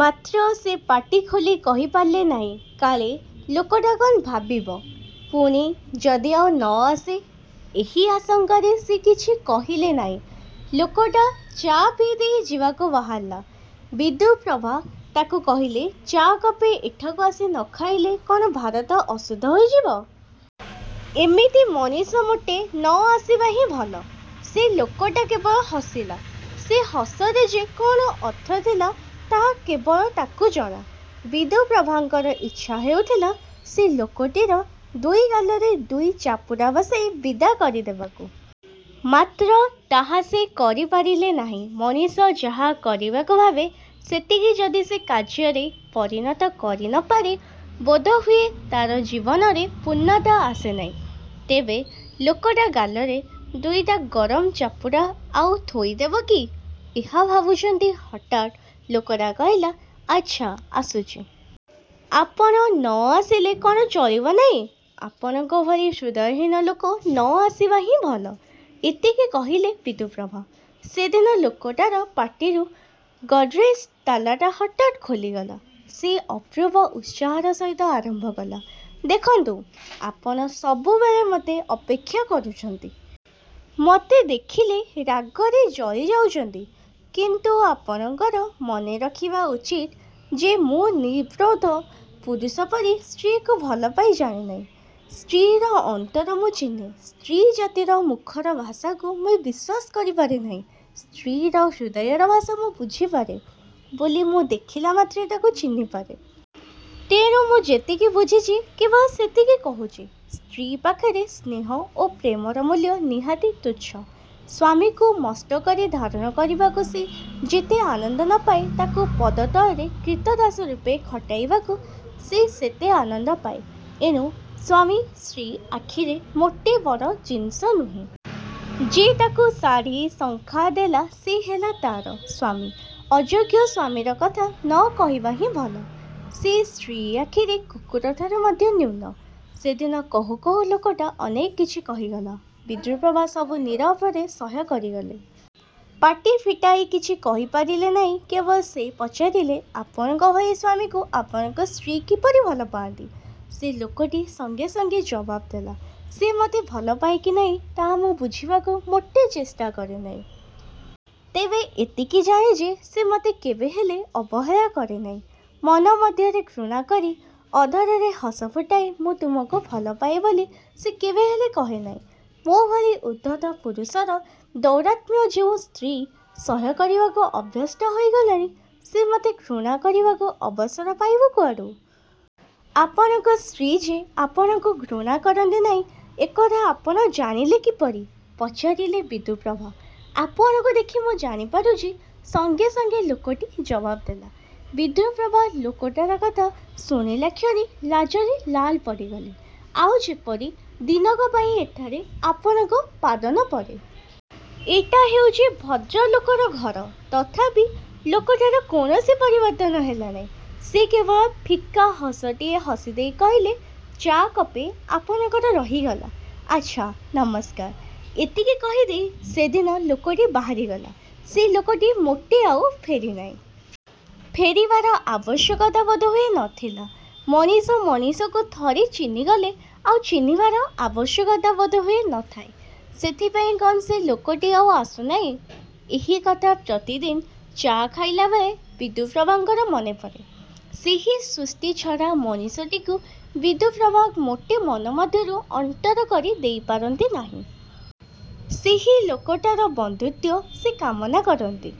ମାତ୍ର ସେ ପାଟି ଖୋଲି କହିପାରିଲେ ନାହିଁ। କାଳେ ଲୋକଟା କ'ଣ ଭାବିବ? ପୁଣି ଯଦି ଆଉ ନ ଆସେ? ଏହି ଆଶଙ୍କାରେ ସେ କିଛି କହିଲେ ନାହିଁ। ଲୋକଟା ଚା' ପିଇଦେଇ ଯିବାକୁ ବାହାରିଲା। ବିଦ୍ୟୁପ୍ରଭା ତାକୁ କହିଲେ, ''ଚା କପେ ଏଠାକୁ ଆସି ନ ଖାଇଲେ କ'ଣ ଭାରତ ଅଶୁଦ୍ଧ ହୋଇଯିବ? ଏମିତି ମଣିଷ ମୋଟେ ନ ଆସିବା ହିଁ ଭଲ। '' ସେ ଲୋକଟା କେବଳ ହସିଲା। ସେ ହସରେ ଯେ କ'ଣ ଅର୍ଥଥିଲା ତାହା କେବଳ ତାକୁ ଜଣା। ବିଦ୍ୟୁପ୍ରଭାଙ୍କର ଇଚ୍ଛା ହେଉଥିଲା ସେ ଲୋକଟିର ଦୁଇ ଗାଲରେ ଦୁଇ ଚାପୁଡ଼ା ବସାଇ ବିଦା କରିଦେବାକୁ। ମାତ୍ର ତାହା ସେ କରିପାରିଲେ ନାହିଁ। ମଣିଷ ଯାହା କରିବାକୁ ଭାବେ ସେତିକି ଯଦି ସେ କାର୍ଯ୍ୟରେ ପରିଣତ କରିନପାରେ ବୋଧହୁଏ ତା'ର ଜୀବନରେ ପୂର୍ଣ୍ଣତା ଆସେ ନାହିଁ। ତେବେ ଲୋକଟା ଗାଲରେ ଦୁଇଟା ଗରମ ଚାପୁଡ଼ା ଆଉ ଥୋଇଦେବ କି? ଏହା ଭାବୁଛନ୍ତି ହଠାତ୍ ଲୋକଟା କହିଲା ''ଆଚ୍ଛା ଆସୁଛି। '' ''ଆପଣ ନ ଆସିଲେ କ'ଣ ଚଳିବ ନାହିଁ? ଆପଣଙ୍କ ଭଳି ହୃଦୟହୀନ ଲୋକ ନ ଆସିବା ହିଁ ଭଲ। '' ଏତିକି କହିଲେ ବିଦ୍ୟୁପ୍ରଭା। ସେଦିନ ଲୋକଟାର ପାଟିରୁ ଗଡ଼ରେଜ୍ ତାଲାଟା ହଠାତ୍ ଖୋଲିଗଲା। ସେ ଅପୂର୍ବ ଉତ୍ସାହର ସହିତ ଆରମ୍ଭ କଲା, ''ଦେଖନ୍ତୁ ଆପଣ ସବୁବେଳେ ମୋତେ ଅପେକ୍ଷା କରୁଛନ୍ତି। ମୋତେ ଦେଖିଲେ ରାଗରେ ଜଳିଯାଉଛନ୍ତି। କିନ୍ତୁ ଆପଣଙ୍କର। ମନେରଖିବା ଉଚିତ ଯେ ମୁଁ ନିର୍ବୋଧ ପୁରୁଷ ପରି ସ୍ତ୍ରୀକୁ ଭଲପାଇ ଜାଣେନାହିଁ। ସ୍ତ୍ରୀର ଅନ୍ତର ମୁଁ ଚିହ୍ନେ। ସ୍ତ୍ରୀ ଜାତିର ମୁଖର ଭାଷାକୁ ମୁଁ ବିଶ୍ୱାସ କରିପାରେ ନାହିଁ। ସ୍ତ୍ରୀର ହୃଦୟର ଭାଷା ମୁଁ ବୁଝିପାରେ ବୋଲି ମୁଁ ଦେଖିଲା ମାତ୍ରେ ତାକୁ ଚିହ୍ନିପାରେ। ତେଣୁ ମୁଁ ଯେତିକି ବୁଝିଛି କେବଳ ସେତିକି କହୁଛି। ସ୍ତ୍ରୀ ପାଖରେ ସ୍ନେହ ଓ ପ୍ରେମର ମୂଲ୍ୟ ନିହାତି ତୁଚ୍ଛ। ସ୍ୱାମୀକୁ ମସ୍ତକରେ ଧାରଣ କରିବାକୁ ସେ ଯେତେ ଆନନ୍ଦ ନ ପାଏ ତାକୁ ପଦତଳରେ କ୍ରୀତଦାସରୂପେ ଖଟାଇବାକୁ ସେ ସେତେ ଆନନ୍ଦ ପାଏ। ଏଣୁ ସ୍ୱାମୀ ସ୍ତ୍ରୀ ଆଖିରେ ମୋଟେ ବଡ଼ ଜିନିଷ ନୁହେଁ। ଯେ ତାକୁ ଶାଢ଼ି, ଶଙ୍ଖା ଦେଲା ସେ ହେଲା ତା'ର ସ୍ୱାମୀ। ଅଯୋଗ୍ୟ ସ୍ୱାମୀର କଥା ନ କହିବା ହିଁ ଭଲ, ସେ ସ୍ତ୍ରୀ ଆଖିରେ କୁକୁରଠାରୁ ମଧ୍ୟ ନ୍ୟୁନ। '' ସେଦିନ କହୁଁ କହୁଁ ଲୋକଟା ଅନେକ କିଛି କହିଗଲା। ବିଦ୍ୟୁପ୍ରଭା ସବୁ ନିରବରେ ସହ୍ୟ କରିଗଲେ। ପାଟି ଫିଟାଇ କିଛି କହିପାରିଲେ ନାହିଁ। କେବଳ ସେ ପଚାରିଲେ, ''ଆପଣଙ୍କ ଭଳି ସ୍ୱାମୀଙ୍କୁ ଆପଣଙ୍କ ସ୍ତ୍ରୀ କିପରି ଭଲପାଆନ୍ତି? '' ସେ ଲୋକଟି ସଙ୍ଗେ ସଙ୍ଗେ ଜବାବ୍ ଦେଲା, ''ସେ ମୋତେ ଭଲପାଏ କି ନାହିଁ ତାହା ମୁଁ ବୁଝିବାକୁ ମୋଟେ ଚେଷ୍ଟା କରେନାହିଁ। ତେବେ ଏତିକି ଜାଣେ ଯେ ସେ ମୋତେ କେବେହେଲେ ଅବହେଳା କରେନାହିଁ। ମନ ମଧ୍ୟରେ ଘୃଣାକରି ଅଧରରେ ହସଫୁଟାଇ 'ମୁଁ ତୁମକୁ ଭଲପାଏ' ବୋଲି ସେ କେବେହେଲେ କହେନାହିଁ। ମୋ ଭଳି ଉଦ୍ଧତ ପୁରୁଷର ଦୌରାତ୍ମ୍ୟ ଯେଉଁ ସ୍ତ୍ରୀ ସହ୍ୟ କରିବାକୁ ଅଭ୍ୟସ୍ତ ହୋଇଗଲାଣି ସେ ମୋତେ ଘୃଣା କରିବାକୁ ଅବସର ପାଇବ କୁଆଡ଼ୁ-? '' ''ଆପଣଙ୍କ ସ୍ତ୍ରୀ ଯେ ଆପଣଙ୍କୁ ଘୃଣାକରନ୍ତି ନାହିଁ ଏକଥା ଆପଣ ଜାଣିଲେ କିପରି? '' ପଚାରିଲେ ବିଦ୍ୟୁପ୍ରଭା। ''ଆପଣଙ୍କୁ ଦେଖି ମୁଁ ଜାଣି ପାରୁଛି। '' ସଙ୍ଗେ ସଙ୍ଗେ ଲୋକଟି ଜବାବ୍ ଦେଲା। ବିଦ୍ୟୁପ୍ରଭା ଲୋକଟାର କଥା ଶୁଣିଲାକ୍ଷଣି ଲାଜରେ ଲାଲ ପଡ଼ିଗଲେ। ଆଉ ଯେପରି ଦିନକ ପାଇଁ ଏଠାରେ ଆପଣଙ୍କର ପାଦନପଡ଼େ। ଏଟା ହେଉଛି ଭଦ୍ରଲୋକର ଘର। '' ତଥାପି ଲୋକଟାର କୌଣସି ପରିବର୍ତ୍ତନ ହେଲାନାହିଁ। ସେ କେବଳ ଫିକା ହସଟିଏ ହସି ଦେଇ କହିଲେ, ''ଚା କପେ ଆପଣଙ୍କର ରହିଗଲା। ଆଚ୍ଛା ନମସ୍କାର। '' ଏତିକି କହିଦେଇ ସେଦିନ ଲୋକଟି ବାହାରିଗଲା। ସେ ଲୋକଟି ମୋଟେ ଆଉ ଫେରିନାହିଁ। ଫେରିବାର ଆବଶ୍ୟକତା ବୋଧହୁଏ ନ ଥିଲା। ମଣିଷ ମଣିଷକୁ ଥରେ ଚିହ୍ନିଗଲେ ଆଉ ଚିହ୍ନିବାର ଆବଶ୍ୟକତା ବୋଧହୁଏ ନଥାଏ। ସେଥିପାଇଁ କ'ଣ ସେ ଲୋକଟି ଆଉ ଆସୁନାହିଁ? ଏହି କଥା ପ୍ରତିଦିନ ଚା' ଖାଇଲାବେଳେ ବିଦ୍ୟୁପ୍ରଭାଙ୍କର ମନେପଡ଼େ। ସେହି ସୃଷ୍ଟିଛଡ଼ା ମଣିଷଟିକୁ ବିଦ୍ୟୁପ୍ରଭା ମୋଟେ ମନ ମଧ୍ୟରୁ ଅନ୍ତର କରି ଦେଇପାରନ୍ତି ନାହିଁ। ସେହି ଲୋକଟାର ବନ୍ଧୁତ୍ୱ ସେ କାମନା କରନ୍ତି।